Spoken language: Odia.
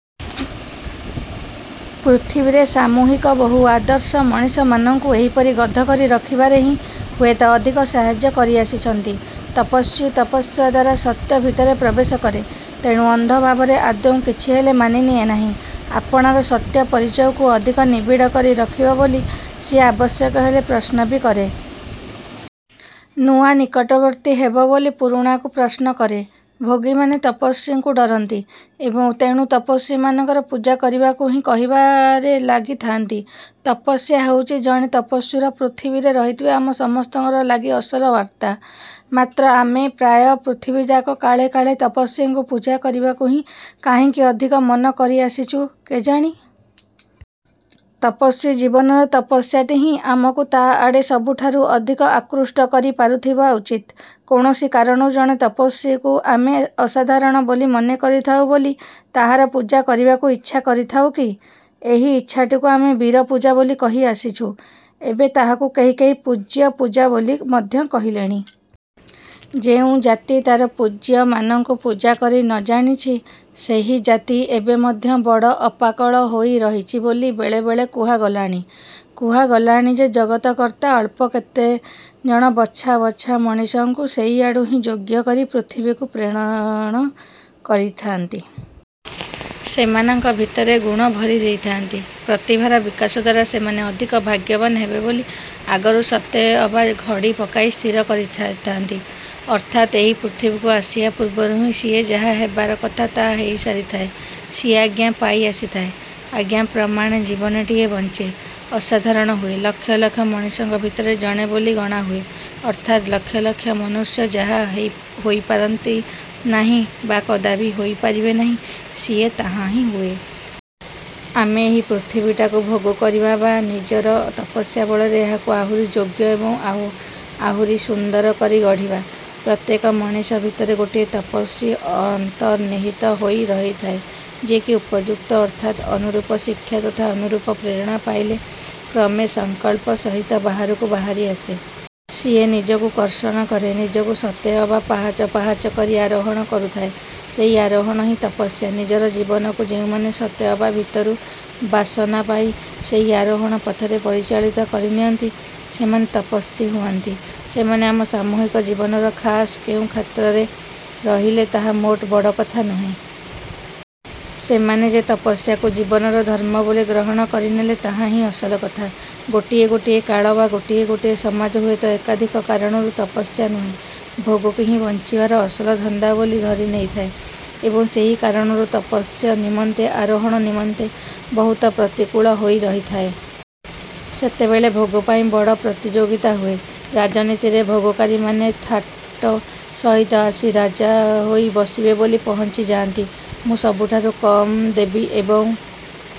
ପୃଥିବୀରେ ସାମୂହିକ ବହୁ ଆଦର୍ଶ ମଣିଷମାନଙ୍କୁ ଏହିପରି ଗଧ କରି ରଖିବାରେ ହିଁ ହୁଏତ ଅଧିକ ସାହାଯ୍ୟ କରି ଆସିଛନ୍ତି। ତପସ୍ୱୀ ତପସ୍ୟା ଦ୍ୱାରା ସତ୍ୟ ଭିତରେ ପ୍ରବେଶ କରେ। ତେଣୁ ଅନ୍ଧ ଭାବରେ ଆଦୌ କିଛିହେଲେ ମାନି ନିଏ ନାହିଁ। ଆପଣାର ସତ୍ୟ ପରିଚୟକୁ ଅଧିକ ନିବିଡ଼ କରି ରଖିବ ବୋଲି ସିଏ ଆବଶ୍ୟକ ହେଲେ ପ୍ରଶ୍ନ ବି କରେ। ନୂଆ ନିକଟବର୍ତ୍ତୀ ହେବ ବୋଲି ପୁରୁଣାକୁ ପ୍ରଶ୍ନ କରେ। ଭୋଗୀମାନେ ତପସ୍ୱୀକୁ ଡ଼ରନ୍ତି ଏବଂ ତେଣୁ ତପସ୍ୱୀମାନଙ୍କର ପୂଜା କରିବାକୁ ହିଁ କହିବାରେ ଲାଗିଥାନ୍ତି। ତପସ୍ୟା ହେଉଛି ଜଣେ ତପସ୍ୱୀର ପୃଥିବୀରେ ରହିଥିବା ଆମ ସମସ୍ତଙ୍କ ଲାଗି ଅସଲ ବାର୍ତ୍ତା। ମାତ୍ର ଆମେ ପ୍ରାୟ ପୃଥିବୀଯାକ କାଳେ କାଳେ ତପସ୍ୱୀକୁ ପୂଜା କରିବାକୁ ହିଁ କାହିଁକି ଅଧିକ ମନ କରିଆସିଛୁ କେଜାଣି? ତପସ୍ୱୀ ଜୀବନର ତପସ୍ୟାଟି ହିଁ ଆମକୁ ତା ଆଡ଼େ ସବୁଠାରୁ ଅଧିକ ଆକୃଷ୍ଟ କରି ପାରୁଥିବା ଉଚିତ। କୌଣସି କାରଣରୁ ଜଣେ ତପସ୍ୱୀକୁ ଆମେ ଅସାଧାରଣ ବୋଲି ମନେ କରିଥାଉ ବୋଲି ତାହାର ପୂଜା କରିବାକୁ ଇଚ୍ଛା କରିଥାଉ କି? ଏହି ଇଚ୍ଛାଟିକୁ ଆମେ ବୀରପୂଜା ବୋଲି କହି ଆସିଛୁ, ଏବେ ତାହାକୁ କେହି କେହି ପୂଜ୍ୟପୂଜା ବୋଲି ମଧ୍ୟ କହିଲେଣି। ଯେଉଁ ଜାତି ତାର ପୂଜ୍ୟମାନଙ୍କୁ ପୂଜା କରି ନଜାଣିଛି, ସେହି ଜାତି ଏବେ ମଧ୍ୟ ବଡ଼ ଅପାକଳ ହୋଇ ରହିଛି ବୋଲି ବେଳେବେଳେ କୁହାଗଲାଣି। କୁହାଗଲାଣି ଯେ ଜଗତକର୍ତ୍ତା ଅଳ୍ପ କେତେଜଣ ବଛା ବଛା ମଣିଷଙ୍କୁ ସେଇଆଡୁ ହିଁ ଯୋଗ୍ୟ କରି ପୃଥିବୀକୁ ପ୍ରେରଣ କରିଥାଆନ୍ତି । ସେମାନଙ୍କ ଭିତରେ ଗୁଣ ଭରି ଦେଇଥାଆନ୍ତି, ପ୍ରତିଭାର ବିକାଶ ଦ୍ଵାରା ସେମାନେ ଅଧିକ ଭାଗ୍ୟବାନ ହେବେ ବୋଲି ଆଗରୁ ସତେଅବା ଖଡ଼ି ପକାଇ ସ୍ଥିର କରି ସାରିଥାନ୍ତି। ଅର୍ଥାତ୍ ଏହି ପୃଥିବୀକୁ ଆସିବା ପୂର୍ବରୁ ହିଁ ସିଏ ଯାହା ହେବାର କଥା, ତାହା ହୋଇସାରିଥାଏ। ସିଏ ଆଜ୍ଞା ପାଇ ଆସିଥାଏ, ଆଜ୍ଞା ପ୍ରମାଣେ ଜୀବନଟିଏ ବଞ୍ଚେ, ଅସାଧାରଣ ହୁଏ, ଲକ୍ଷ ଲକ୍ଷ ମଣିଷଙ୍କ ଭିତରେ ଜଣେ ବୋଲି ଗଣାହୁଏ ଅର୍ଥାତ୍ ଲକ୍ଷ ଲକ୍ଷ ମନୁଷ୍ୟ ଯାହା ହୋଇପାରନ୍ତି ନାହିଁ ବା କଦାପି ହୋଇପାରିବେ ନାହିଁ, ସିଏ ତାହା ହିଁ ହୁଏ। ଆମେ ଏହି ପୃଥିବୀଟାକୁ ଭୋଗ କରିବା ନା ନିଜର ତପସ୍ୟା ବଳରେ ଏହାକୁ ଆହୁରି ଯୋଗ୍ୟ ଏବଂ ଆହୁରି ସୁନ୍ଦର କରି ଗଢ଼ିବା? ପ୍ରତ୍ୟେକ ମଣିଷ ଭିତରେ ଗୋଟିଏ ତପସ୍ଵୀ ଅନ୍ତର୍ନିହିତ ହୋଇ ରହିଥାଏ, ଯିଏକି ଉପଯୁକ୍ତ ଅର୍ଥାତ୍ ଅନୁରୂପ ଶିକ୍ଷା ତଥା ଅନୁରୂପ ପ୍ରେରଣା ପାଇଲେ କ୍ରମେ ସଂକଳ୍ପ ସହିତ ବାହାରକୁ ବାହାରି ଆସେ। ସିଏ ନିଜକୁ କର୍ଷଣ କରେ। ନିଜକୁ ସତେ ଅବା ପାହାଚ ପାହାଚ କରି ଆରୋହଣ କରୁଥାଏ। ସେହି ଆରୋହଣ ହିଁ ତପସ୍ୟା। ନିଜର ଜୀବନକୁ ଯେଉଁମାନେ ସତେ ଅବା ଭିତରୁ ବାସନା ପାଇ ସେହି ଆରୋହଣ ପଥରେ ପରିଚାଳିତ କରିନିଅନ୍ତି, ସେମାନେ ତପସ୍ୱୀ ହୁଅନ୍ତି। ସେମାନେ ଆମ ସାମୂହିକ ଜୀବନର ଖାସ୍ କେଉଁ କ୍ଷେତ୍ରରେ ରହିଲେ ତାହା ମୋଟେ ବଡ଼ କଥା ନୁହେଁ। ସେମାନେ ଯେ ତପସ୍ୟାକୁ ଜୀବନର ଧର୍ମ ବୋଲି ଗ୍ରହଣ କରିନେଲେ ତାହା ହିଁ ଅସଲ କଥା। ଗୋଟିଏ ଗୋଟିଏ କାଳ ବା ଗୋଟିଏ ଗୋଟିଏ ସମାଜ ହୁଏତ ଏକାଧିକ କାରଣରୁ ତପସ୍ୟା ନୁହେଁ, ଭୋଗକୁ ହିଁ ବଞ୍ଚିବାର ଅସଲ ଧନ୍ଦା ବୋଲି ଧରି ନେଇଥାଏ ଏବଂ ସେହି କାରଣରୁ ତପସ୍ୟ ନିମନ୍ତେ ଆରୋହଣ ନିମନ୍ତେ ବହୁତ ପ୍ରତିକୂଳ ହୋଇ ରହିଥାଏ। ସେତେବେଳେ ଭୋଗ ପାଇଁ ବଡ଼ ପ୍ରତିଯୋଗିତା ହୁଏ। ରାଜନୀତିରେ ଭୋଗକାରୀମାନେ ଥାଟ ସହିତ ଆସି ରାଜା ହୋଇ ବସିବେ ବୋଲି ପହଞ୍ଚି ଯାଆନ୍ତି। ମୁଁ ସବୁଠାରୁ କମ୍ ଦେବି ଏବଂ